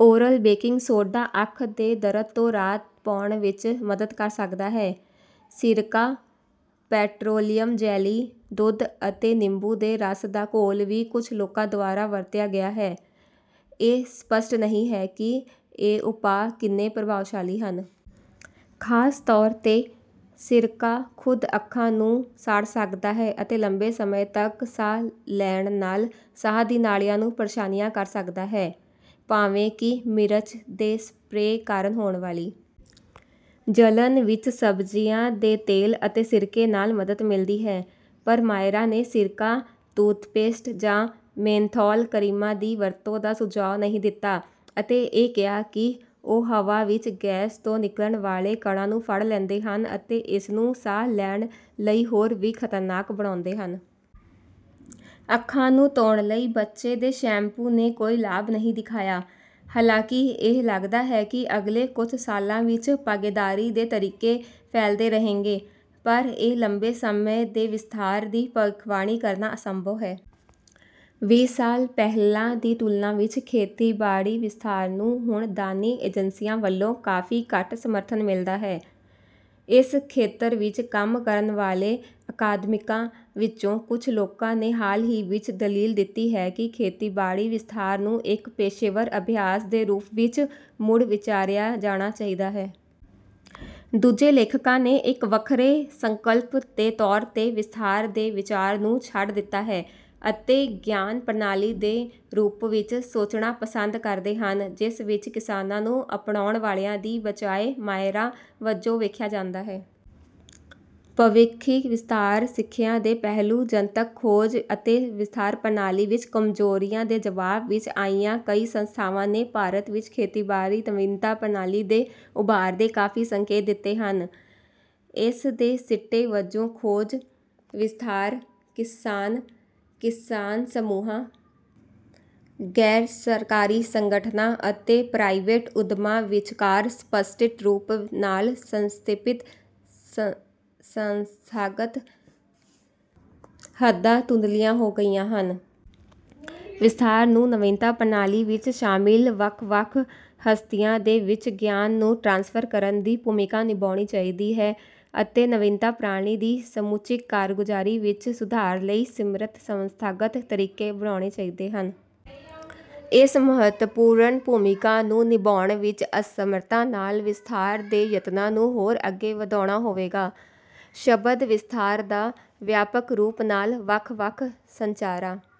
Oral baking soda ਅੱਖ ਦੇ ਦਰਦ ਤੋਂ ਰਾਹਤ ਪਾਉਣ ਵਿੱਚ ਮਦ ਕਰ ਸਕਦਾ ਹੈ। ਸਿਰਕਾ, ਪੈਟਰੋਲੀਅਮ ਜੈਲੀ, ਦੁੱਧ ਅਤੇ ਨਿੰਬੂ ਦੇ ਰਸ ਦਾ ਘੋਲ ਵੀ ਕੁਝ ਲੋਕਾਂ ਦੁਆਰਾ ਵਰਤਿਆ ਗਿਆ ਹੈ। ਇਹ ਸਪਸ਼ਟ ਨਹੀਂ ਹੈ ਕਿ ਇਹ ਉਪਾਅ ਕਿੰਨੇ ਪ੍ਰਭਾਵਸ਼ਾਲੀ ਹਨ। ਖਾਸ ਤੌਰ 'ਤੇ, ਸਿਰਕਾ ਖੁਦ ਅੱਖਾਂ ਨੂੰ ਸਾੜ ਸਕਦਾ ਹੈ ਅਤੇ ਲੰਬੇ ਸਮੇਂ ਤੱਕ ਸਾਹ ਲੈਣ ਨਾਲ ਸਾਹ ਦੀਆਂ ਨਾਲੀਆਂ ਨੂੰ ਪਰੇਸ਼ਾਨ ਕਰ ਸਕਦਾ ਹੈ। ਭਾਵੇਂ ਕਿ ਮਿਰਚ ਦੇ ਸਪਰੇਅ ਕਾਰਨ ਹੋਣ ਵਾਲੀ ਜਲਣ ਵਿੱਚ ਸਬਜ਼ੀਆਂ ਦੇ ਤੇਲ ਅਤੇ ਸਿਰਕੇ ਨਾਲ ਮਦਦ ਮਿਲਦੀ ਹੈ, ਪਰ ਮਾਹਿਰਾਂ ਨੇ ਸਿਰਕਾ, ਟੂਥਪੇਸਟ ਜਾਂ ਮੇਨਥੋਲ ਕਰੀਮਾਂ ਦੀ ਵਰਤੋਂ ਦਾ ਸੁਝਾਅ ਨਹੀਂ ਦਿੱਤਾ ਅਤੇ ਇਹ ਕਿਹਾ ਕਿ "ਉਹ ਹਵਾ ਵਿੱਚ ਗੈਸ ਤੋਂ ਨਿਕਲਣ ਵਾਲੇ ਕਣਾਂ ਨੂੰ ਫੜ ਲੈਂਦੇ ਹਨ ਅਤੇ ਇਸਨੂੰ ਸਾਹ ਲੈਣ ਲਈ ਹੋਰ ਵੀ ਖਤਰਨਾਕ ਬਣਾਉਂਦੇ ਹਨ।" ਅੱਖਾਂ ਨੂੰ ਧੋਣ ਲਈ ਬੱਚੇ ਦੇ ਸ਼ੈਂਪੂ ਨੇ ਕੋਈ ਲਾਭ ਨਹੀਂ ਦਿਖਾਇਆ। ਹਾਲਾਂਕਿ ਇਹ ਲੱਗਦਾ ਹੈ ਕਿ ਅਗਲੇ ਕੁਝ ਸਾਲਾਂ ਵਿੱਚ ਭਾਗੀਦਾਰੀ ਦੇ ਤਰੀਕੇ ਫੈਲਦੇ ਰਹਿਣਗੇ, ਪਰ ਇਹ ਲੰਬੇ ਸਮੇਂ ਦੇ ਵਿਸਥਾਰ ਦੀ ਭਵਿੱਖਬਾਣੀ ਕਰਨਾ ਅਸੰਭਵ ਹੈ। ਵੀਹ ਸਾਲ ਪਹਿਲਾਂ ਦੀ ਤੁਲਨਾ ਵਿੱਚ, ਖੇਤੀਬਾੜੀ ਵਿਸਥਾਰ ਨੂੰ ਹੁਣ ਦਾਨੀ ਏਜੰਸੀਆਂ ਵੱਲੋਂ ਕਾਫੀ ਘੱਟ ਸਮਰਥਨ ਮਿਲਦਾ ਹੈ। ਇਸ ਖੇਤਰ ਵਿੱਚ ਕੰਮ ਕਰਨ ਵਾਲੇ ਅਕਾਦਮਿਕਾਂ ਵਿੱਚੋਂ, ਕੁਝ ਲੋਕਾਂ ਨੇ ਹਾਲ ਹੀ ਵਿੱਚ ਦਲੀਲ ਦਿੱਤੀ ਹੈ ਕਿ ਖੇਤੀਬਾੜੀ ਵਿਸਥਾਰ ਨੂੰ ਇੱਕ ਪੇਸ਼ੇਵਰ ਅਭਿਆਸ ਦੇ ਰੂਪ ਵਿੱਚ ਮੁੜ-ਵਿਚਾਰਿਆ ਜਾਣਾ ਚਾਹੀਦਾ ਹੈ। ਦੂਜੇ ਲੇਖਕਾਂ ਨੇ ਇੱਕ ਵੱਖਰੇ ਸੰਕਲਪ ਦੇ ਤੌਰ 'ਤੇ ਵਿਸਥਾਰ ਦੇ ਵਿਚਾਰ ਨੂੰ ਛੱਡ ਦਿੱਤਾ ਹੈ ਅਤੇ "ਗਿਆਨ ਪ੍ਰਣਾਲੀਆਂ" ਦੇ ਰੂਪ ਵਿੱਚ ਸੋਚਣਾ ਪਸੰਦ ਕਰਦੇ ਹਨ ਜਿਸ ਵਿੱਚ ਕਿਸਾਨਾਂ ਨੂੰ ਅਪਣਾਉਣ ਵਾਲਿਆਂ ਦੀ ਬਜਾਏ ਮਾਹਿਰਾਂ ਵਜੋਂ ਵੇਖਿਆ ਜਾਂਦਾ ਹੈ। ਭਵਿੱਖੀ ਵਿਸਥਾਰ ਸਿੱਖਿਆ ਦੇ ਪਹਿਲੂ ਜਨਤਕ ਖੋਜ ਅਤੇ ਵਿਸਥਾਰ ਪ੍ਰਣਾਲੀ ਵਿੱਚ ਕਮਜ਼ੋਰੀਆਂ ਦੇ ਜਵਾਬ ਵਿੱਚ ਆਈਆਂ ਕਈ ਸੰਸਥਾਵਾਂ ਨੇ ਭਾਰਤ ਵਿੱਚ ਖੇਤੀਬਾੜੀ ਨਵੀਨਤਾ ਪ੍ਰਣਾਲੀ ਦੇ ਉਭਾਰ ਦੇ ਕਾਫ਼ੀ ਸੰਕੇਤ ਦਿੱਤੇ ਹਨ। ਇਸ ਦੇ ਸਿੱਟੇ ਵਜੋਂ ਖੋਜ, ਵਿਸਥਾਰ, ਕਿਸਾਨ, ਕਿਸਾਨ ਸਮੂਹਾਂ, ਗੈਰ ਸਰਕਾਰੀ ਸੰਗਠਨਾਂ ਅਤੇ ਪ੍ਰਾਈਵੇਟ ਉੱਦਮਾਂ ਵਿੱਚਕਾਰ ਸਪੱਸ਼ਟ ਰੂਪ ਨਾਲ ਸੀਮਿਤ ਸੰਸਥਾਗਤ ਹੱਦਾਂ ਧੁੰਦਲੀਆਂ ਹੋ ਗਈਆਂ ਹਨ। ਵਿਸਥਾਰ ਨੂੰ ਨਵੀਨਤਾ ਪ੍ਰਣਾਲੀ ਵਿੱਚ ਸ਼ਾਮਲ ਵੱਖ-ਵੱਖ ਹਸਤੀਆਂ ਦੇ ਵਿੱਚ ਗਿਆਨ ਨੂੰ ਟ੍ਰਾਂਸਫਰ ਕਰਨ ਦੀ ਭੂਮਿਕਾ ਨਿਭਾਉਣੀ ਚਾਹੀਦੀ ਹੈ ਅਤੇ ਨਵੀਨਤਾ ਪ੍ਰਣਾਲੀ ਦੀ ਸਮੁੱਚੀ ਕਾਰਗੁਜ਼ਾਰੀ ਵਿੱਚ ਸੁਧਾਰ ਲਈ ਸਮਰੱਥ ਸੰਸਥਾਗਤ ਤਰੀਕੇ ਬਣਾਉਣੇ ਚਾਹੀਦੇ ਹਨ। ਇਸ ਮਹੱਤਵਪੂਰਨ ਭੂਮਿਕਾ ਨੂੰ ਨਿਭਾਉਣ ਵਿੱਚ ਅਸਮਰਥਤਾ ਨਾਲ ਵਿਸਥਾਰ ਦੇ ਯਤਨਾਂ ਨੂੰ ਹੋਰ ਅੱਗੇ ਵਧਾਉਣਾ ਹੋਵੇਗਾ। ਸ਼ਬਦ "ਵਿਸਥਾਰ" ਦਾ ਵਿਆਪਕ ਰੂਪ ਨਾਲ ਵੱਖ-ਵੱਖ ਸੰਚਾਰਾਂ